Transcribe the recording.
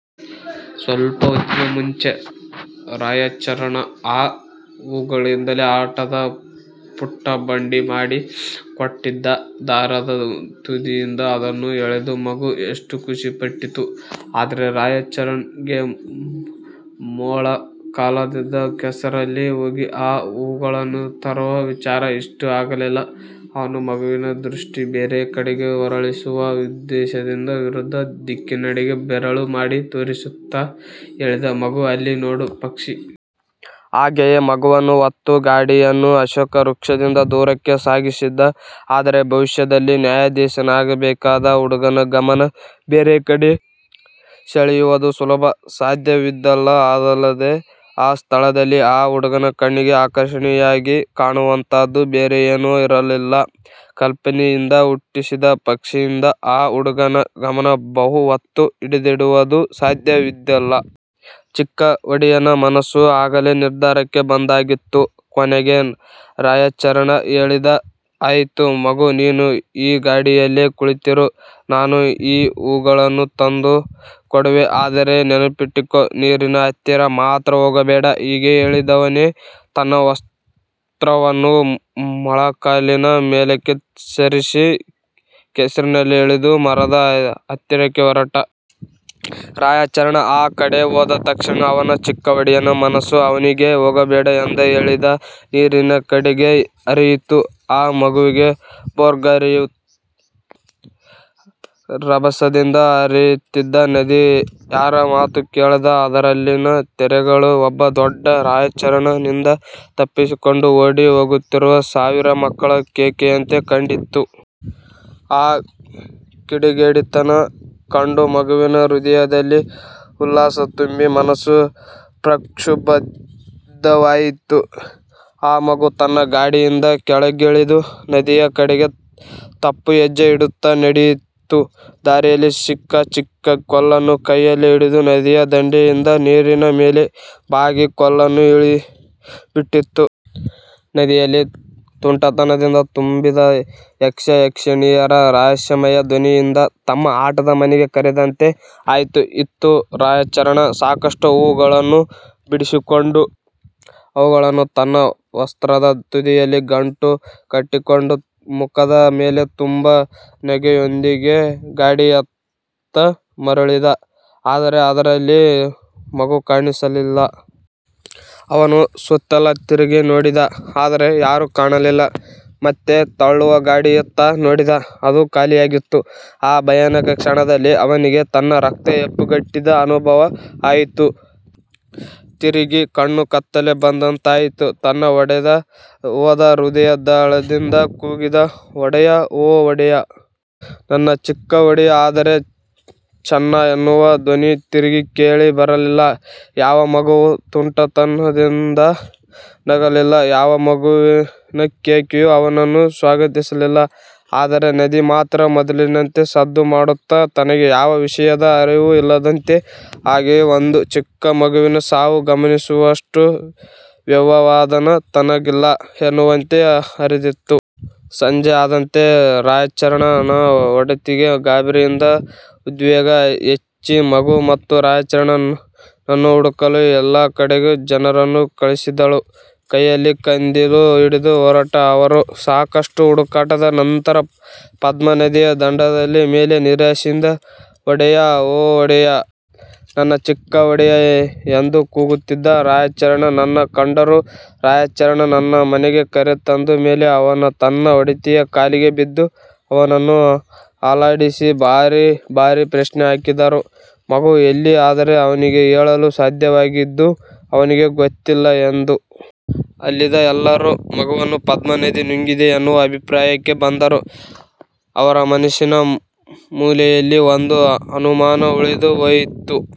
ಸ್ವಲ್ಪ ಹೊತ್ತಿಗೆ ಮುಂಚೆ ರಾಯಚರಣ್ ಆ ಹೂಗಳಿಂದಲೇ ಆಟದ ಪುಟ್ಟ ಬಂಡಿ ಮಾಡಿ ಕೊಟ್ಟಿದ್ದ. ದಾರದ ತುದಿಯಿಂದ ಅದನ್ನು ಎಳೆದು ಮಗು ಎಷ್ಟು ಖುಷಿ ಪಟ್ಟಿತ್ತು. ಆದರೆ ರಾಯಚರಣ್ ಗೆ ಮೊಳ ಕಾಲುದ್ದದ ಕೆಸರಲ್ಲಿ ಹೋಗಿ ಆ ಹೂಗಳನ್ನು ತರುವ ವಿಚಾರ ಇಷ್ಟ ಆಗಲಿಲ್ಲ. ಅವನು ಮಗುವಿನ ದೃಷ್ಟಿ ಬೇರೆ ಕಡೆಗೆ ಹೊರಳಿಸುವ ಉದ್ದೇಶದಿಂದ, ವಿರುದ್ಧ ದಿಕ್ಕಿನೆಡೆಗೆ ಬೆರಳು ಮಾಡಿ ತೋರಿಸುತ್ತ ಹೇಳಿದ "ಮಗು, ಅಲ್ಲಿ ನೋಡು ಪಕ್ಷಿ! ". ಹಾಗೆಯೇ ಮಗುವನ್ನು ಹೊತ್ತ ಗಾಡಿಯನ್ನು ಅಶೋಕ ವೃಕ್ಷದಿಂದ ದೂರಕ್ಕೆ ಸಾಗಿಸಿದ. ಆದರೆ, ಭವಿಷ್ಯದಲ್ಲಿ ನ್ಯಾಯಾಧೀಶನಾಗಬೇಕಾದ ಹುಡುಗನ ಗಮನ ಬೇರೆ ಕಡೆ ಸೆಳೆಯುವುದು ಸುಲಭ ಸಾಧ್ಯವಿದ್ದಿಲ್ಲ. ಅದಲ್ಲದೆ, ಆ ಸ್ಥಳದಲ್ಲಿ ಆ ಹುಡುಗನ ಕಣ್ಣಿಗೆ ಆಕರ್ಷಣೆಯಾಗಿ ಕಾಣುವಂಥದ್ದು ಬೇರೆ ಎನೂ ಇರಲಿಲ್ಲ. ಕಲ್ಪನೆಯಿಂದ ಹುಟ್ಟಿಸಿದ ಪಕ್ಷಿಯಿಂದ ಆ ಹುಡುಗನ ಗಮನ ಬಹು ಹೊತ್ತು ಹಿಡಿದಿಡುವುದು ಸಾಧ್ಯವಿದ್ದಿಲ್ಲ. ಚಿಕ್ಕ ಒಡೆಯನ ಮನಸ್ಸು ಆಗಲೇ ನಿರ್ಧಾರಕ್ಕೆ ಬಂದಾಗಿತ್ತು. ಕೊನೆಗೆ ರಾಯಚರಣ್ ಹೇಳಿದ "ಆಯಿತು, ಮಗು. ನೀನು ಈ ಗಾಡಿಯಲ್ಲೇ ಕುಳಿತಿರು. ನಾನು ಹೂ ಗಳನ್ನು ತಂದು ಕೊಡುವೆ. ಆದರೆ ನೆನಪಿಟ್ಟಿಕೋ, ನೀರಿನ ಹತ್ತಿರ ಮಾತ್ರ ಹೋಗಬೇಡ". ಹೀಗೆ ಹೇಳಿದವನೇ, ತನ್ನ ವಸ್ತ್ರವನ್ನು ಮೊಳ ಕಾಲಿನ ಮೇಲಕ್ಕೆ ಸರಿಸಿ, ಕೆಸರಲ್ಲಿ ಇಳಿದು, ಮರದ ಹತ್ತಿರಕ್ಕೆ ಹೊರಟ. ರಾಯಚರಣ್ ಆ ಕಡೆ ಹೋದ ತಕ್ಷಣ, ಅವನ ಚಿಕ್ಕ ಒಡೆಯನ ಮನಸ್ಸು ಅವನಿಗೆ ಹೋಗಬೇಡ ಎಂದು ಹೇಳಿದ ನೀರಿನ ಕಡೆಗೆ ಹರಿಯಿತು. ಅ ಮಗುವಿಗೆ ಭೋರ್ಗರೆಯುತ್ತಾ, ರಭಸದಿಂದ ಹರೆಯುತ್ತಿದ್ದ ನದಿ, ಯಾರ ಮಾತು ಕೇಳದ ಅದರಲ್ಲಿನ ತೆರೆಗಳು ಒಬ್ಬ ದೊಡ್ಡ ರಾಯಚರಣ್ ನಿಂದ ತಪ್ಪಿಸಿಕೊಂಡು ಓಡಿ ಹೋಗುತ್ತಿರುವ ಸಾವಿರ ಮಕ್ಕಳ ಕೇಕೆಯಂತೆ ಕಂಡಿತು. ಆ ಕಿಡಿಗೇಡಿತನ ಕಂಡ ಮಗುವಿನ ಹೃದಯದಲ್ಲಿ ಉಲ್ಲಾಸ ತುಂಬಿ ಮನಸ್ಸು ಪ್ರಕ್ಷುಬ್ಧವಾಯಿತು. ಆ ಮಗು ತನ್ನ ಗಾಡಿಯಿಂದ ಕೆಳಗಿಳಿದು, ನದಿಯ ಕಡೆಗೆ ತಪ್ಪು ಹೆಜ್ಜೆ ಇಡುತ್ತ ನಡೆಯಿತು. ದಾರಿಯಲ್ಲಿ ಸಿಕ್ಕ ಚಿಕ್ಕ ಕೋಲನ್ನು ಕೈಯಲ್ಲಿ ಹಿಡಿದು, ನದಿಯ ದಂಡೆಯಿಂದ ನೀರಿನ ಮೇಲೆ ಬಾಗಿ, ಕೋಲನ್ನು ಇಳಿ ಬಿಟ್ಟಿತು. ನದಿಯಲ್ಲಿ ತುಂಟತನದಿಂದ ತುಂಬಿದ ಯಕ್ಷ, ಯಕ್ಷಿಣಿಯರು ರಹಸ್ಯಮಯ ಧ್ವನಿಯಿಂದ ತಮ್ಮ ಆಟದ ಮನೆಗೆ ಕರೆದಂತೆ ಆಯಿತು. ಇತ್ತ ರಾಯಚರಣ್ ಸಾಕಷ್ಟು ಹೂ ಗಳನ್ನು ಬಿಡಿಸಿಕೊಂಡು, ಅವುಗಳನ್ನು ತನ್ನ ವಸ್ತ್ರದ ತುದಿಯಲ್ಲಿ ಗಂಟು ಕಟ್ಟಿಕೊಂಡು, ಮುಖದ ಮೇಲೆ ತುಂಬು ನಗೆಯೊಂದಿಗೆ ಗಾಡಿಯತ್ತ ಮರಳಿದ. ಆದರೆ ಅದರಲ್ಲಿ ಮಗುಕಾಣಿಸಲಿಲ್ಲ. ಅವನು ಸುತ್ತೆಲ್ಲ ತಿರುಗಿ ನೋಡಿದ, ಆದರೆ ಯಾರೂ ಕಾಣಲಿಲ್ಲ. ಮತ್ತೆ ತಳ್ಳುವ ಗಾಡಿಯತ್ತ ನೋಡಿದ, ಅದು ಖಾಲಿಯಾಗಿತ್ತು. ಆ ಭಯಾನಕ ಕ್ಷಣದಲ್ಲಿ, ಅವನಿಗೆ ತನ್ನ ರಕ್ತ ಹೆಪ್ಪುಗಟ್ಟಿದ ಅನುಭವ ಆಯಿತು. ತಲೆ ತಿರುಗಿ ಕಣ್ಣು ಕತ್ತಲೆ ಬಂದಂತಾಯಿತು. ತನ್ನ ಒಡೆದು ಹೋದ ಹೃದಯದಾಳದಿಂದ ಕೂಗಿದ "ಒಡೆಯ, ಓ ಒಡೆಯ. ನನ್ನ ಚಿಕ್ಕ ಒಡೆಯ". ಆದರೆ "ಚನ್ನಾ" ಎನ್ನುವ ಧ್ವನಿ ತಿರುಗಿ ಕೇಳಿ ಬರಲಿಲ್ಲ. ಯಾವ ಮಗುವೂ ತುಂಟತನದಿಂದ ನಗಲಿಲ್ಲ. ಯಾವ ಮಗುವಿನ ಕೇಕೆಯು ಅವನನ್ನು ಸ್ವಾಗತಿಸಲಿಲ್ಲ. ಆದರೆ ನದಿ ಮಾತ್ರ ಮೊದಲಿನಂತೆ ಸದ್ದು ಮಾಡುತ್ತಾ, ತನಗೆ ಯಾವ ವಿಷಯದ ಅರಿವೂ ಇಲ್ಲದಂತೆ ಹಾಗೆಯೇ ಒಂದು ಚಿಕ್ಕ ಮಗುವಿನ ಸಾವು ಗಮನಿಸುವಷ್ಟು ವ್ಯವಧಾನ ತನಗಿಲ್ಲ ಎನ್ನುವಂತೆ ಹರಿದಿತ್ತು. ಸಂಜೆ ಆದಂತೆ ರಾಯಚರಣ್ ನ ಒಡತಿಗೆ ಗಾಬರಿಯಿಂದ ಉದ್ವೇಗ ಹೆಚ್ಚಿ, ಮಗು ಮತ್ತು ರಾಯಚರಣ್ ನನ್ನು ಹುಡುಕಲು ಎಲ್ಲ ಕಡೆಗೆ ಜನರನ್ನು ಕಳಿಸಿದಳು. ಕೈಯಲ್ಲಿ ಕಂದೀಲು ಹಿಡಿದು ಹೋರಟ ಅವರು ಸಾಕಷ್ಟು ಹುಡುಕಾಟದ ನಂತರ ಪದ್ಮ ನದಿಯ ದಂಡೆಯ ಮೇಲೆ, ನಿರಾಸೆಯಿಂದ "ಒಡೆಯ, ಓ ಒಡೆಯ. ನನ್ನ ಚಿಕ್ಕ ಒಡೆಯ" ಎಂದು ಕೂಗುತ್ತಿದ್ದ ರಾಯಚರಣ್ ನನ್ನು ಕಂಡರು. ರಾಯಚರಣ್ ನನ್ನು ಮನೆಗೆ ಕರೆ ತಂದ ಮೇಲೆ ಅವನು ತನ್ನ ಒಡತಿಯ ಕಾಲಿಗೆ ಬಿದ್ದ. ಅವನನ್ನು ಅಲ್ಲಾಡಿಸಿ, ಬಾರಿ ಬಾರಿ ಪ್ರಶ್ನೆ ಹಾಕಿದರು "ಮಗು ಎಲ್ಲಿ". ಆದರೆ ಅವನಿಗೆ ಹೇಳಲು ಸಾಧ್ಯವಾಗಿದ್ದು ಅವನಿಗೆ ಗೊತ್ತಿಲ್ಲ ಎಂದು. ಅಲ್ಲಿದ್ದ ಎಲ್ಲರೂ ಮಗುವನ್ನು ಪದ್ಮ ನದಿ ನುಂಗಿದೆ ಎನ್ನುವ ಅಭಿಪ್ರಾಯಕ್ಕೆ ಬಂದರೂ, ಅವರ ಮನಸ್ಸಿನ ಮೂಲೆಯಲ್ಲಿ ಒಂದು ಅನುಮಾನ ಉಳಿದು ಹೋಯಿತು.